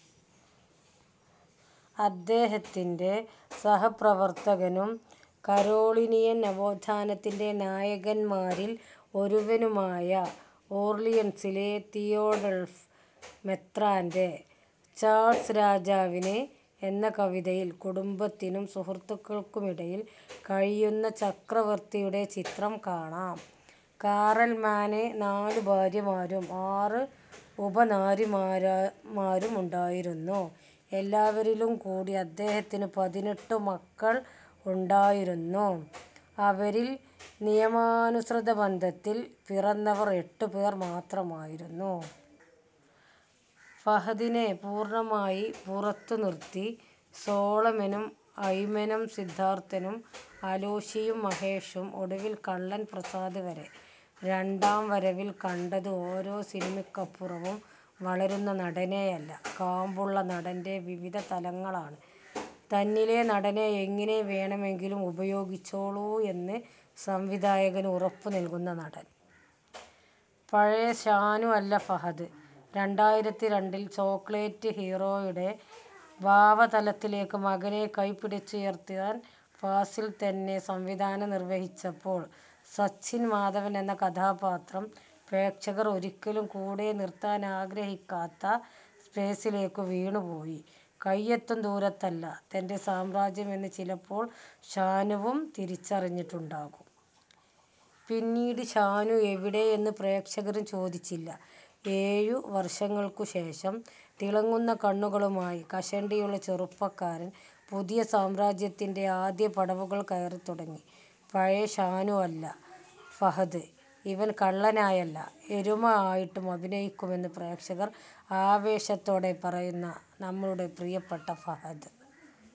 അദ്ദേഹത്തിന്റെ സഹപ്രവർത്തകനും കരോളിനിയൻ നവോത്ഥാനത്തിന്റെ നായകന്മാരിൽ ഒരുവനുമായ ഓർളിയൻസിലെ Theodulf മെത്രാന്റെ, "Charles രാജാവിന്" എന്ന കവിതയിൽ, കുടുംബത്തിനും സുഹൃത്തുക്കൾക്കുമിടയിൽ കഴിയുന്ന ചക്രവർത്തിയുടെ ചിത്രം കാണാം. കാറൽമാന് നാലു ഭാര്യമാരും ആറു ഉപനാരിമാരും ഉണ്ടായിരുന്നു. എല്ലാവരിലുംകൂടി അദ്ദേഹത്തിനു പതിനെട്ടു മക്കൾ ഉണ്ടായിരുന്നു. അവരിൽ നിയമാനുസൃതബന്ധത്തിൽ പിറന്നവർ എട്ടു പേർ മാത്രമായിരുന്നു. ഫഹദിനെ പൂർണമായി പുറത്തു നിർത്തി സോളമനും അയ്മനം സിദ്ധാർത്ഥനും അലോഷിയും മഹേഷും ഒടുവിൽ കള്ളൻ പ്രസാദ് വരെ. രണ്ടാം വരവിൽ കണ്ടത് ഓരോ സിനിമയ്ക്കപ്പുറവും വളരുന്ന നടനെയല്ല, കാമ്പുള്ള നടന്റെ വിവിധ തലങ്ങളാണ്. തന്നിലെ നടനെ എങ്ങനെ വേണമെങ്കിലും ഉപയോഗിച്ചോളൂ എന്ന് സംവിധായകന് ഉറപ്പു നൽകുന്ന നടൻ. പഴയ ഷാനു അല്ല ഫഹദ് രണ്ടായിരത്തി രണ്ടിൽ ചോക്ലേറ്റ് ഹീറോയുടെ ഭാവതലത്തിലേക്ക് മകനെ കൈ പിടിച്ചുയർത്താൻ ഫാസിൽ തന്നെ സംവിധാനം നിർവഹിച്ചപ്പോൾ, സച്ചിൻ മാധവൻ എന്ന കഥാപാത്രം പ്രേക്ഷകർ ഒരിക്കലും കൂടെ നിർത്താൻ ആഗ്രഹിക്കാത്ത സ്പേസിലേക്കു വീണു പോയി. കയ്യെത്തും ദൂരത്തല്ല തന്റെ സാമ്രാജ്യം എന്ന് ചിലപ്പോൾ ഷാനുവും തിരിച്ചറിഞ്ഞിട്ടുണ്ടാകും. പിന്നീട് ഷാനു എവിടെ എന്ന് പ്രേക്ഷകരും ചോദിച്ചില്ല. ഏഴു വർഷങ്ങൾക്കു ശേഷം തിളങ്ങുന്ന കണ്ണുകളുമായി കഷണ്ടിയുള്ള ചെറുപ്പക്കാരൻ പുതിയ സാമ്രാജ്യത്തിന്റെ ആദ്യ പടവുകൾ കയറി തുടങ്ങി. പഴയ ഷാനു അല്ല.. ഫഹദ്.. ഇവൻ കള്ളനായല്ല, എരുമ ആയിട്ടും അഭിനയിക്കുമെന്ന് പ്രേക്ഷകർ ആവേശത്തോടെ പറയുന്ന നമ്മളുടെ പ്രിയപ്പെട്ട ഫഹദ്.